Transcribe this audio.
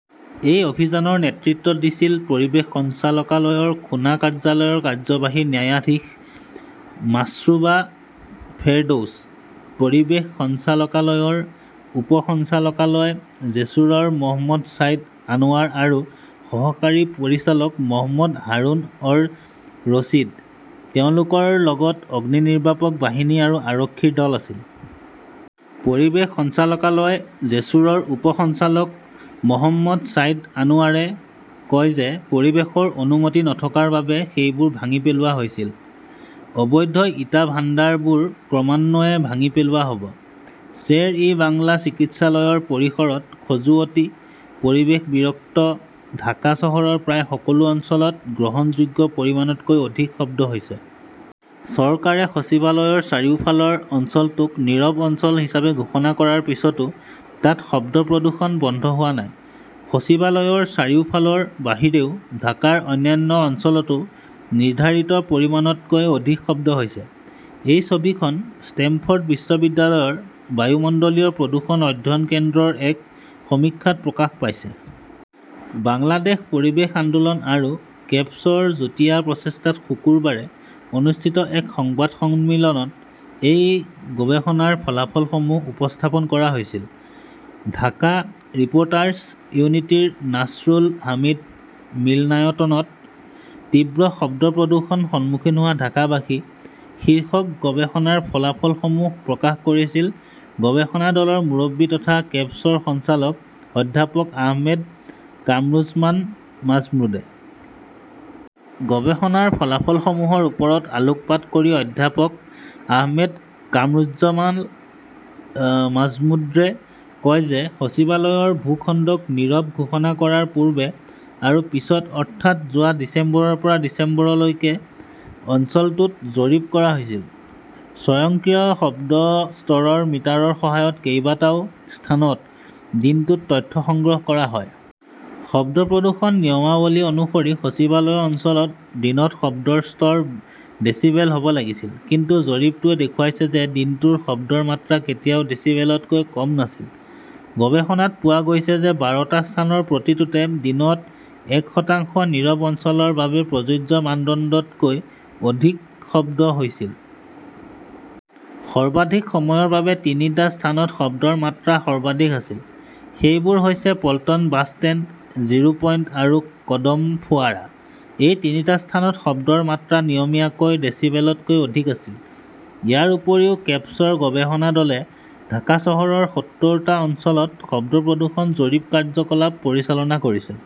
এই অভিযানৰ নেতৃত্ব দিছিল পৰিৱেশ সঞ্চালকালয়ৰ খুনা কাৰ্যালয়ৰ কাৰ্যবাহী ন্যায়াধীশ মাশ্ৰুবা ফেৰদৌছ, পৰিৱেশ সঞ্চালকালয়ৰ উপ সঞ্চালকালয় জেছুৰৰ মহম্মদ ছাইদ আনৱাৰ আৰু সহকাৰী পৰিচালক মহম্মদ হাৰুন-অৰ-ৰছিদ। তেওঁলোকৰ লগত অগ্নিনিৰ্বাপক বাহিনী আৰু আৰক্ষীৰ দল আছিল। পৰিৱেশ সঞ্চালকালয়, জেছুৰৰ উপ সঞ্চালক মহম্মদ ছাইদ আনৱাৰে কয় যে পৰিৱেশৰ অনুমতি নথকাৰ বাবে সেইবোৰ ভাঙি পেলোৱা হৈছিল। অবৈধ ইটা ভাণ্ডাৰবোৰ ক্ৰমান্বয়ে ভাঙি পেলোৱা হ'ব। শ্বেৰ-ই-বাংলা চিকিৎসালয়ৰ পৰিসৰত খজুৱতি, পৰিৱেশ বিৰক্ত ঢাকা চহৰৰ প্ৰায় সকলো অঞ্চলত গ্ৰহণযোগ্য পৰিমাণতকৈ অধিক শব্দ হৈছে। চৰকাৰে সচিবালয়ৰ চাৰিওফালৰ অঞ্চলটোক নীৰৱ অঞ্চল হিচাপে ঘোষণা কৰাৰ পিছতো তাত শব্দ প্ৰদূষণ বন্ধ হোৱা নাই। সচিবালয়ৰ চাৰিওফালৰ বাহিৰেও ঢাকাৰ অন্যান্য অঞ্চলতো নিৰ্ধাৰিত পৰিমাণতকৈ অধিক শব্দ হৈছে। এই ছবিখন ষ্টেমফৰ্ড বিশ্ববিদ্যালয়ৰ বায়ুমণ্ডলীয় প্ৰদূষণ অধ্যয়ন কেন্দ্ৰৰ এক সমীক্ষাত প্ৰকাশ পাইছে। বাংলাদেশ পৰিৱেশ আন্দোলন আৰু কেপছৰ যুটীয়া প্ৰচেষ্টাত শুকুৰবাৰে অনুষ্ঠিত এক সংবাদ সন্মিলনত এই গৱেষণাৰ ফলাফলসমূহ উপস্থাপন কৰা হৈছিল। ঢাকা ৰিপ "ৰ্টাৰ্ছ ইউনিটিৰ নাছৰুল হামিদ মিলনায়তনত 'তীব্ৰ শব্দ প্ৰদূষণৰ সন্মুখীন হোৱা ঢাকাবাসী" শীৰ্ষক গৱেষণাৰ ফলাফলসমূহ প্ৰকাশ কৰিছিল গৱেষণা দলৰ মুৰব্বী তথা কেপছৰ সঞ্চালক অধ্যাপক আহমেদ কামৰুজমান মাজমুদ্ৰে। গৱেষণাৰ ফলাফলসমূহৰ ওপৰত আলোকপাত কৰি অধ্যাপক আহমেদ কামৰুজ্জমান মাজমুদ্ৰে কয় যে সচিবালয়ৰ ভূখণ্ডক নীৰৱ ঘোষণা কৰাৰ পূৰ্বে আৰু পিছত, অৰ্থাৎ যোৱা ডিচেম্বৰৰ পৰা ডিচেম্বৰলৈকে অঞ্চলটোত জৰীপ কৰা হৈছিল। স্বয়ংক্ৰিয় শব্দ স্তৰৰ মিটাৰৰ সহায়ত কেইবাটাও স্থানত দিনটোত তথ্য সংগ্ৰহ কৰা হয়। শব্দ প্ৰদূষণ নিয়মাৱলী অনুসৰি সচিবালয় অঞ্চলত দিনত শব্দৰ স্তৰ ডেছিবেল হ 'ব লাগিছিল। কিন্তু জৰীপটোৱে দেখুৱাইছে যে দিনটোৰ শব্দৰ মাত্ৰা কেতিয়াও ডেসিবেলতকৈ কম নাছিল। গৱেষণাত পোৱা গৈছে যে বাৰটা স্থানৰ প্ৰতিটোতে দিনত এশ শতাংশ নীৰৱ অঞ্চলৰ বাবে প্ৰযোজ্য মানদণ্ড তকৈ অধিক শব্দ হৈছিল। সৰ্বাধিক সময়ৰ বাবে তিনিটা স্থানত শব্দৰ মাত্ৰা সৰ্বাধিক আছিল। সেইবোৰ হৈছে Paltan bus stand, zero point আৰু কদম ফোৱাৰা। এই তিনিটা স্থানত শব্দৰ মাত্ৰা নিয়মীয়াভাৱে ডেসিবেলতকৈ অধিক আছিল। ইয়াৰ উপৰিও, কেপছৰ গৱেষণা দলে ঢাকা চহৰৰ সত্তৰ টা অঞ্চলত শব্দ প্ৰদূষণ জৰীপ কাৰ্যকলাপ পৰিচালনা কৰিছিল।